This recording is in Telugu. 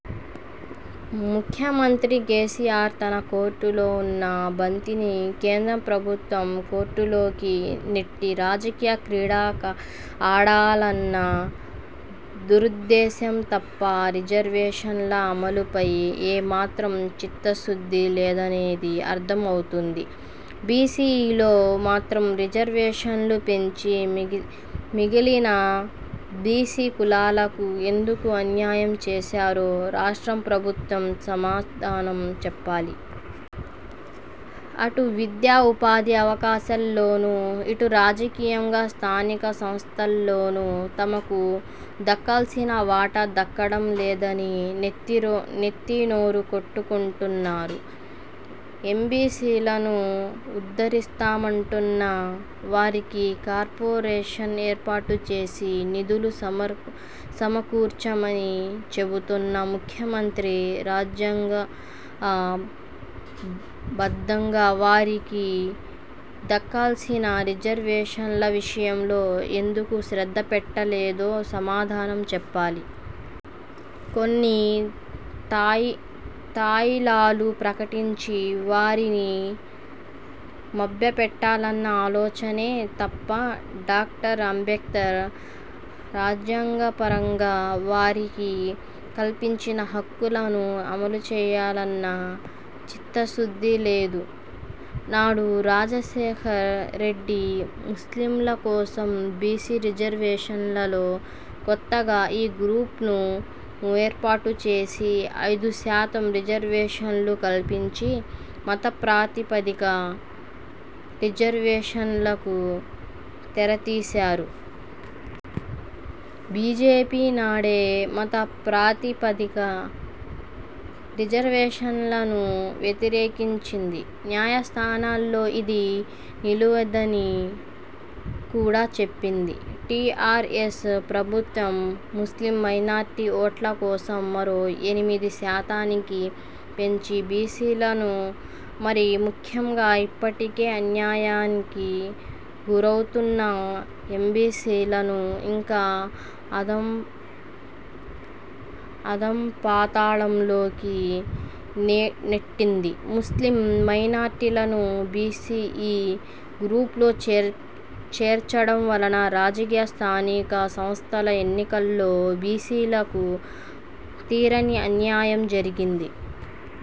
ముఖ్యమంత్రి కేసీఆర్ తన కోర్టులో ఉన్న బంతిని కేంద్ర ప్రభుత్వం కోర్టులోకి నెట్టి రాజకీయ క్రీడ ఆడాలన్న దురుద్దేశం తప్పా రిజర్వేషన్ల అమలుపై ఏమాత్రం చిత్తశుద్ధి లేదనేది అర్థం అవుతుంది. బీసీ–-ఈలో మాత్రం రిజర్వేషన్లు పెంచి మిగిలిన బీసీ కులాలకు ఎందుకు అన్యాయం చేశారో రాష్ట్రము ప్రభుత్వం సమాధానం చెప్పాలి. అటు విద్యా, ఉపాధి అవకాశాల్లోనూ ఇటు రాజకీయంగా స్థానిక సంస్థల్లోనూ తమకు దక్కాల్సిన వాటా దక్కడం లేదని నెత్తినోరు కొట్టుకుంటున్నారు. ఎంబీసీలను ఉద్ధరిస్తామంటున్న, వారికి కార్పోరేషన్ ఏర్పాటు చేసి నిధులు సమకూర్చామని చెబుతున్న ముఖ్యమంత్రి రాజ్యాంగబద్ధంగా వారికి దక్కాల్సిన రిజర్వేషన్ల విషయంలో ఎందుకు శ్రద్ధపెట్టలేదో సమాధానం చెప్పాలి. కొన్ని తాయిలాలు ప్రకటించి వారిని మభ్యపెట్టాలన్న ఆలోచనే తప్ప డాక్టర్ అంబేడ్కర్ రాజ్యాంగపరంగా వారికి కల్పించిన హక్కులను అమలుచేయాలన్న చిత్తశుద్ధి లేదు. నాడు రాజశేఖర్ రెడ్డి ముస్లింల కోసం బీసీ రిజర్వేషన్లలో కొత్తగా ఈ-–గ్రూపును ఏర్పాటుచేసి ఐదు శాతం రిజర్వేషన్ను కల్పించి మతప్రాతిపదిక రిజర్వేషన్లకు తెరతీశారు. బీజేపీ నాడే మత ప్రాతిపదిక రిజర్వేషన్లను వ్యతిరేకించింది. న్యాయస్థానాల్లో ఇది నిలువదని కూడా చెప్పింది. టీఆర్ఎస్ ప్రభుత్వం ముస్లిం మైనార్టీ ఓట్ల కోసం మరో ఎనిమిది శాతానికి పెంచి బీసీలను, మరీ ముఖ్యంగా ఇప్పటికే అన్యాయానికి గురౌతున్న ఎంబీసీలను ఇంకా అథఃపాతాళంలోకి నెట్టింది. ముస్లిం మైనార్టీలను బీసీ-–ఈ గ్రూపులో చేర్చడం వలన రాజకీయ స్థానిక సంస్థల ఎన్నికల్లో బీసీలకు తీరని అన్యాయం జరిగింది.